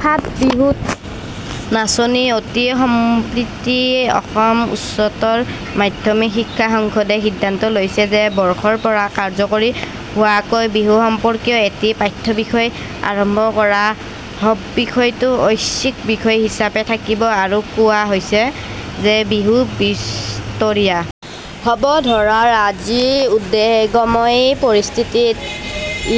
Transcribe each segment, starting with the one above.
ফাট বিহুত নাচনি অতি সম্প্ৰতি অসম উচ্চতৰ মাধ্যমিক শিক্ষা সংসদে সিদ্ধান্ত লৈছে যে বৰ্ষৰপৰা কাৰ্যকৰী হোৱাকৈ বিহু সম্পৰ্কীয় এটি পাঠ্যবিষয় আৰম্ভ কৰা হববিষয়টো ঐচ্ছিক বিষয় হিচাপে থাকিব আৰু কোৱা হৈছে যে বিহু বিজতৰীয়া হব ধৰাৰ আজিৰ উদ্বেগময় পৰিস্থিতিত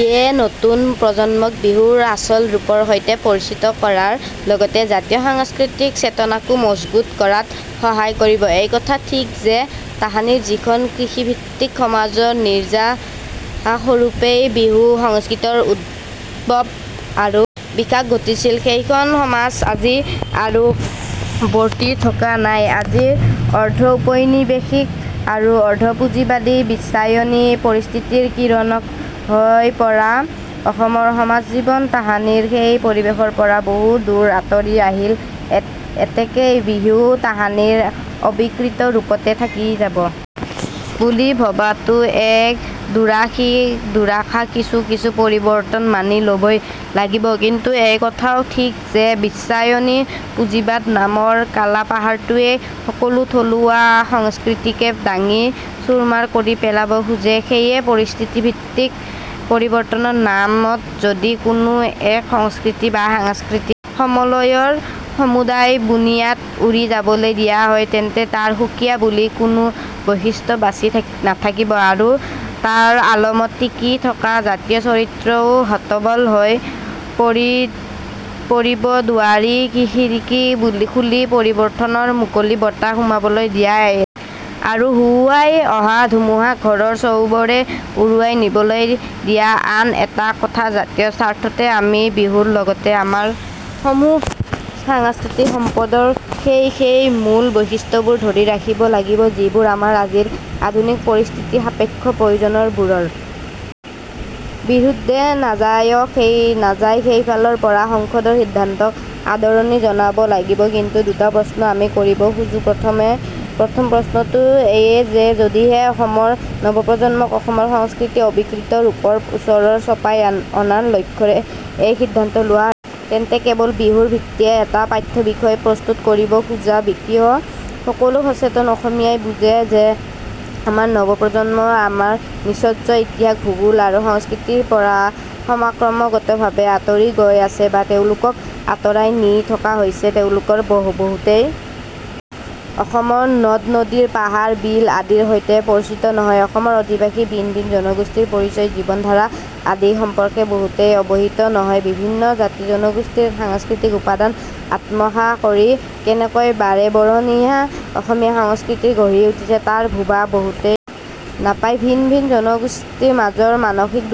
ইয়ে নতুন প্ৰজন্মক বিহুৰ আচল ৰূপৰ সৈতে পৰিচিত কৰাৰ লগতে জাতীয় সাংস্কৃতিক চেতনাকো মজবুত কৰাত সহায় কৰিবএইকথা ঠিক যে তাহানিৰ যিখন কৃষিভিত্তিক সমাজৰ নিৰ্যাসৰূপে বিহু সংস্কৃতিৰ উদ্ভৱ আৰু বিকাশ ঘটিছিল সেইখন সমাজ আজি আৰু বৰ্তি থকা নাইআজিৰ অৰ্ধঔপনিবেশিক আৰু অৰ্ধপুঁজিবাদী বিশ্বায়নী পৰিস্থিতিৰ ক্ৰীড়নক হৈ পৰা অসমৰ সমাজজীৱন তাহানিৰ সেই পৰিবেশৰ পৰা বহু দূৰ আঁতৰি আহিলএতেকে বিহুও তাহানিৰ অবিকৃত ৰূপতে থাকি যাব বুলি ভবাটো এক দুৰাশাকিছু কিছু পৰিৱৰ্তন মানি লবই লাগিবকিন্তু এইকথাও ঠিক যে বিশ্বায়নী পুঁজিবাদ নামৰ কালাপাহাৰটোৱে সকলো থলুৱা সংস্কৃতিকে ভাঙি চূৰমাৰ কৰি পেলাব খোজেসেয়ে পৰিস্থিতিভিত্তিক পৰিৱৰ্তনৰ নামত যদি কোনো এক সংস্কৃতি বা সাংস্কৃতিক সমলৰ সমুদায় বুনিয়াদ উৰি যাবলৈ দিয়া হয় তেন্তে তাৰ সুকীয়া বুলি কোনো বৈশিষ্ট্য বাছি নাথাকিব আৰু তাৰ আলমত টিকি থকা জাতীয় চৰিত্ৰও হতবল হৈ পৰিবদুৱাৰখিৰিকী খুলি পৰিৱৰ্তনৰ মুকলি বতাহ সোমাবলৈ দিয়া এটা কথা আৰু হুহুৱাই অহা ধুমুহাক ঘৰৰ চৌবেৰ উৰাই নিবলৈ দিয়া আন এটা কথাজাতীয় স্বাৰ্থতে আমি বিহুৰ লগতে আমাৰ সমূহ সাংস্কৃতিক সম্পদৰ সেই সেই মূল বৈশিষ্ট্যবোৰ ধৰি ৰাখিব লাগিব যিবোৰ আমাৰ আজিৰ আধুনিক পৰিস্থিতিসাপেক্ষ প্ৰয়োজনবোৰৰ বিৰুদ্ধে নাযায়সেইফালৰ পৰা সংসদৰ সিদ্ধান্তক আদৰণি জনাব লাগিবকিন্তু দুটা প্ৰশ্ন আমি কৰিব খোজোঁপ্ৰথম প্ৰশ্নটো এই যে যদিহে অসমৰ নৱপ্ৰজন্মক অসমৰ সংস্কৃতিৰ অবিকৃত ৰূপৰ ওচৰ চপাই অনাৰ লক্ষ্যেৰেই এই সিদ্ধান্ত লোৱা হৈছে তেন্তে কেৱল বিহুৰ ভিত্তিতেই এটা পাঠ্যবিষয় প্ৰস্তুত কৰিব খোজা কিয় সকলো সচেতন অসমীয়াই বুজে যে আমাৰ নৱপ্ৰজন্ম আমাৰ নিজস্ব ইতিহাস ভূগোল আৰু সংস্কৃতিৰ পৰা ক্ৰমাগতভাৱে আঁতৰি গৈ আছে বা তেওঁলোকক আঁতৰাই নি থকা হৈছেতেওঁলোকৰ বহুতেই অসমৰ নদনদী পাহাৰ বিল আদিৰ সৈতে পৰিচিত নহয়অসমৰ অধিবাসী ভিন ভিন জনগোষ্ঠীৰ পৰিচয় জীৱনধাৰা আদি সম্পৰ্কে বহুতেই অৱহিত নহয়বিভিন্ন জাতিজনগোষ্ঠীৰ সাংস্কৃতিক উপাদান আত্মসাৎ কৰি কেনেকৈ বাৰেৰহণীয়া অসমীয়া সংস্কৃতি গঢ়ি উঠিছে তাৰ ভুভা বহুতেই নাপায়ভিন ভিন জনগোষ্ঠীৰ মাজৰ মানসিক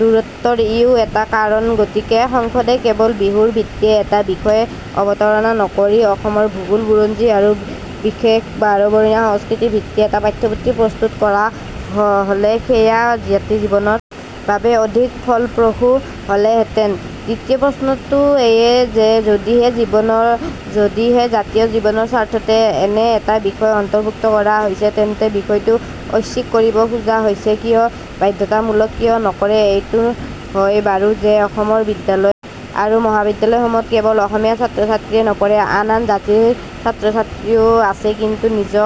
দূৰত্বৰ ইও এটা কাৰণগতিকে সংসদে কেৱল বিহুৰ ভিত্তিতে এটা বিষয়ৰ অৱতাৰণা নকৰি অসমৰ ভূগোল বুৰঞ্জী আৰু বিশেষকৈ বাৰেৰহণীয়া সংস্কৃতিৰ ভিত্তিত এটা পাঠ্যবিষয় প্ৰস্তুত কৰা হলে সেয়া জাতীয় জীৱনৰ বাবে অধিক ফলপ্ৰসূ হলহেঁতেনদ্বিতীয় প্ৰশ্নটো এই যে যদিহে জাতীয় জীৱনৰ স্বাৰ্থতে এনে এটা বিষয় অন্তৰ্ভুক্ত কৰা হৈছে তেন্তে বিষয়টো ঐচ্ছিক কৰিব খোজা হৈছে কিয় বাধ্যতামূলক কিয় নকৰে এইটো হয় বাৰু যে অসমৰ বিদ্যালয় আৰু মহাবিদ্যালয়সমূহত কেৱল অসমীয়া ছাত্ৰছাত্ৰীয়েই নপঢ়ে আন আন জাতিৰ ছাত্ৰছাত্ৰীও আছেকিন্তু নিজক